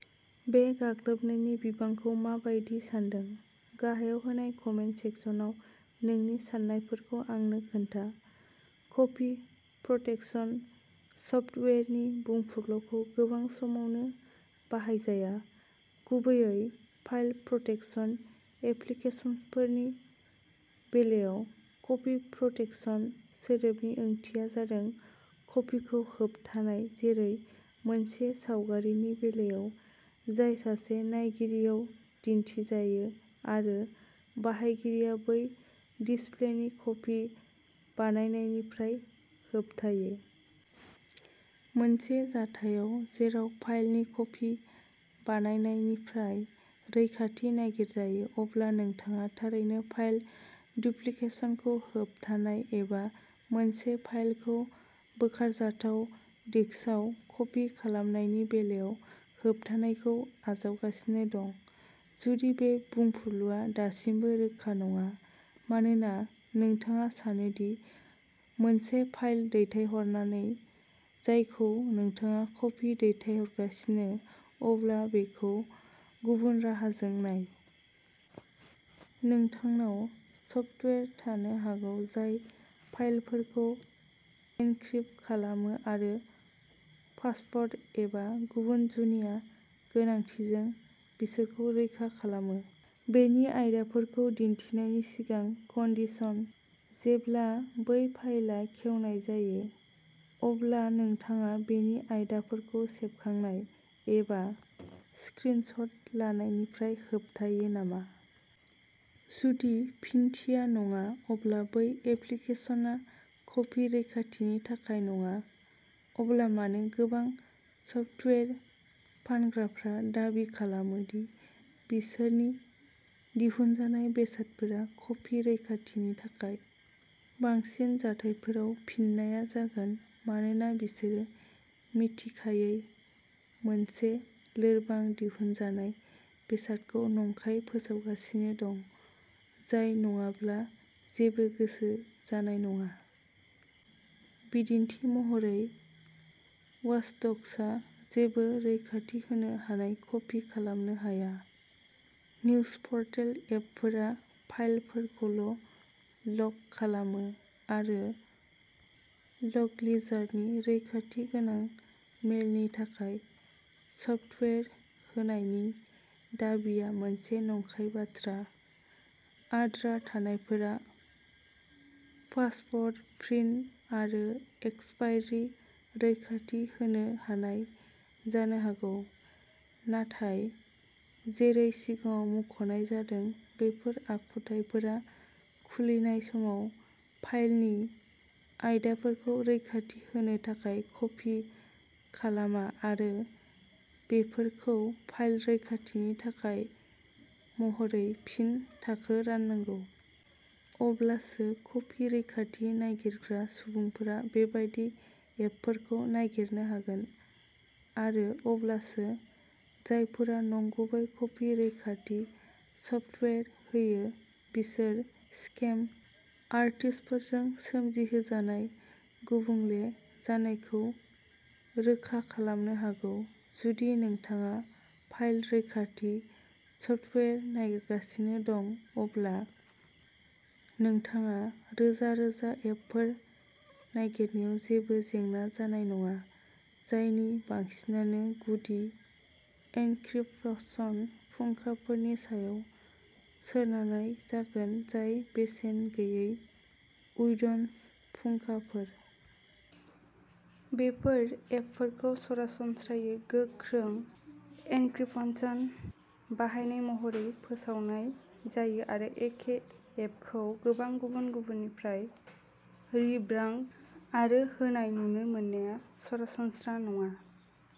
बे गाग्लोबनायनि बिबांखौ मा बायदि सानदों? गाहायाव होनाय कमेन्ट सेक्सनाव नोंनि साननायफोरखौ आंनो खोन्था। कपि प्रटेक्शन सफ्टवेयारनि बुंफुरलुखौ गोबां समावनो बाहायजाया, गुबैयै फाइल प्रटेक्शन एप्लिकेसनफोरनि बेलायाव। "कपि प्रटेक्शन" सोदोबनि ओंथिया जादों कपिखौ होबथानाय जेरै मोनसे सावगारिनि बेलायाव जाय सासे नायगिरियाव दिन्थिजायो आरो बाहायगिरिया बै डिसप्लेनि कपि बानायनायनिफ्राय होबथायो। मोनसे जाथायाव जेराव फाइलनि कपि बानायनायनिफ्राय रैखाथि नागिरजायो, अब्ला नोंथाङा थारैनो फाइल डुप्लिकेशनखौ होबथानाय एबा मोनसे फाइलखौ बोखारजाथाव डिस्कआव कपि खालामनायनि बेलायाव होबथानायखौ आजावगासिनो दं। जुदि बे बुंफुरलुआ दासिमबो रोखा नङा मानोना नोंथाङा सानो दि मोनसे फाइल दैथायहरनानै जायखौ नोंथाङा कपि दैथायहरगासिनो, अब्ला बेखौ गुबुन राहाजों नाय। नोंथांनाव सफ्टवेयार थानो हागौ जाय फाइलफोरखौ एनक्रिप्ट खालामो आरो पासवार्ड एबा गुबुन जुनिया गोनांथिजों बिसोरखौ रैखा खालामो। बेनि आयदाफोरखौ दिन्थिनायनि सिगां कन्डिशन। जेब्ला बै फाइलआ खेवनाय जायो, अब्ला नोंथाङा बेनि आयदाफोरखौ सेबखांनाय एबा स्क्रिन शट लानायनिफ्राय होबथायो नामा? जुदि फिनथिया "नङा" अब्ला बै एप्लिकेशनआ कपि रैखाथिनि थाखाय नङा। अब्ला मानो गोबां सफ्टवेयार फानग्राफ्रा दाबि खालामो दि बिसोरनि दिहुनजानाय बेसादफोरा कपि रैखाथिनि थाखाय? बांसिन जाथायफोराव फिननाया जागोन मानोना बिसोरो मिथिखायै मोनसे लोरबां दिहुनजानाय बेसादखौ नंखाय फोसावगासिनो दं, जाय नङाब्ला जेबो गोसो जानाय नङा। बिदिन्थि महरै, वाचडक्सआ जेबो रैखाथि होनो हानाय कपि खालामनो हाया, निउसफ्टवेर्स एपफोरा फाइलफोरखौल'लक खालामो। आरो लकलिजार्डनि रैखाथि गोनां मेलनि थाखाय सफ्टवेयार होनायनि दाबिआ मोनसे नंखाय बाथ्रा। आद्रा थानायफोरा पासवार्ड, प्रिन्ट आरो एक्सपायरि रैखाथि होनो हानाय जानो हागौ, नाथाय जेरै सिगाङाव मुंख'नाय जादों बेफोर आखुथायफोरा खुलिनाय समाव फाइलनि आयदाफोरखौ रैखाथि होनो थाखाय कपि खालामा आरो बेफोरखौ फाइल रैखाथिनि थाखाय महरै फिन थाखो राननांगौ। अब्लासो कपि रैखाथि नागिरग्रा सुबुंफोरा बेबादि एपफोरखौ नागिरनो हागोन, आरो अब्लासो जायफोरा नंगुबै कपि रैखाथि सफ्टवेयार होयो बिसोर स्केम आर्टिस्टफोरजों सोमजिहोजानाय गुबुंले जानायखौ रोखा खालामनो हागौ। जुदि नोंथाङा फाइल रैखाथि सफ्टवेयार नागिरगासिनो दं अब्ला नोंथाङा रोजा-रोजा एपफोर नागिरनायाव जेबो जेंना जानाय नङा, जायनि बांसिनानो गुदि एनक्रिप्शन फुंखाफोरनि सायाव सोनारनाय जागोन जाय बेसेन गैयै उइन्ड'ज फुंखाफोर। बेफोर एपफोरखौ सरासनस्रायै गोख्रों एनक्रिप्शन बाहायनाय महरै फोसावनाय जायो आरो एखे एपखौ गोबां गुबुन गुबुननिफ्राय रिब्रांड आरो होनाय नुनो मोननाया सरासनस्रा नङा।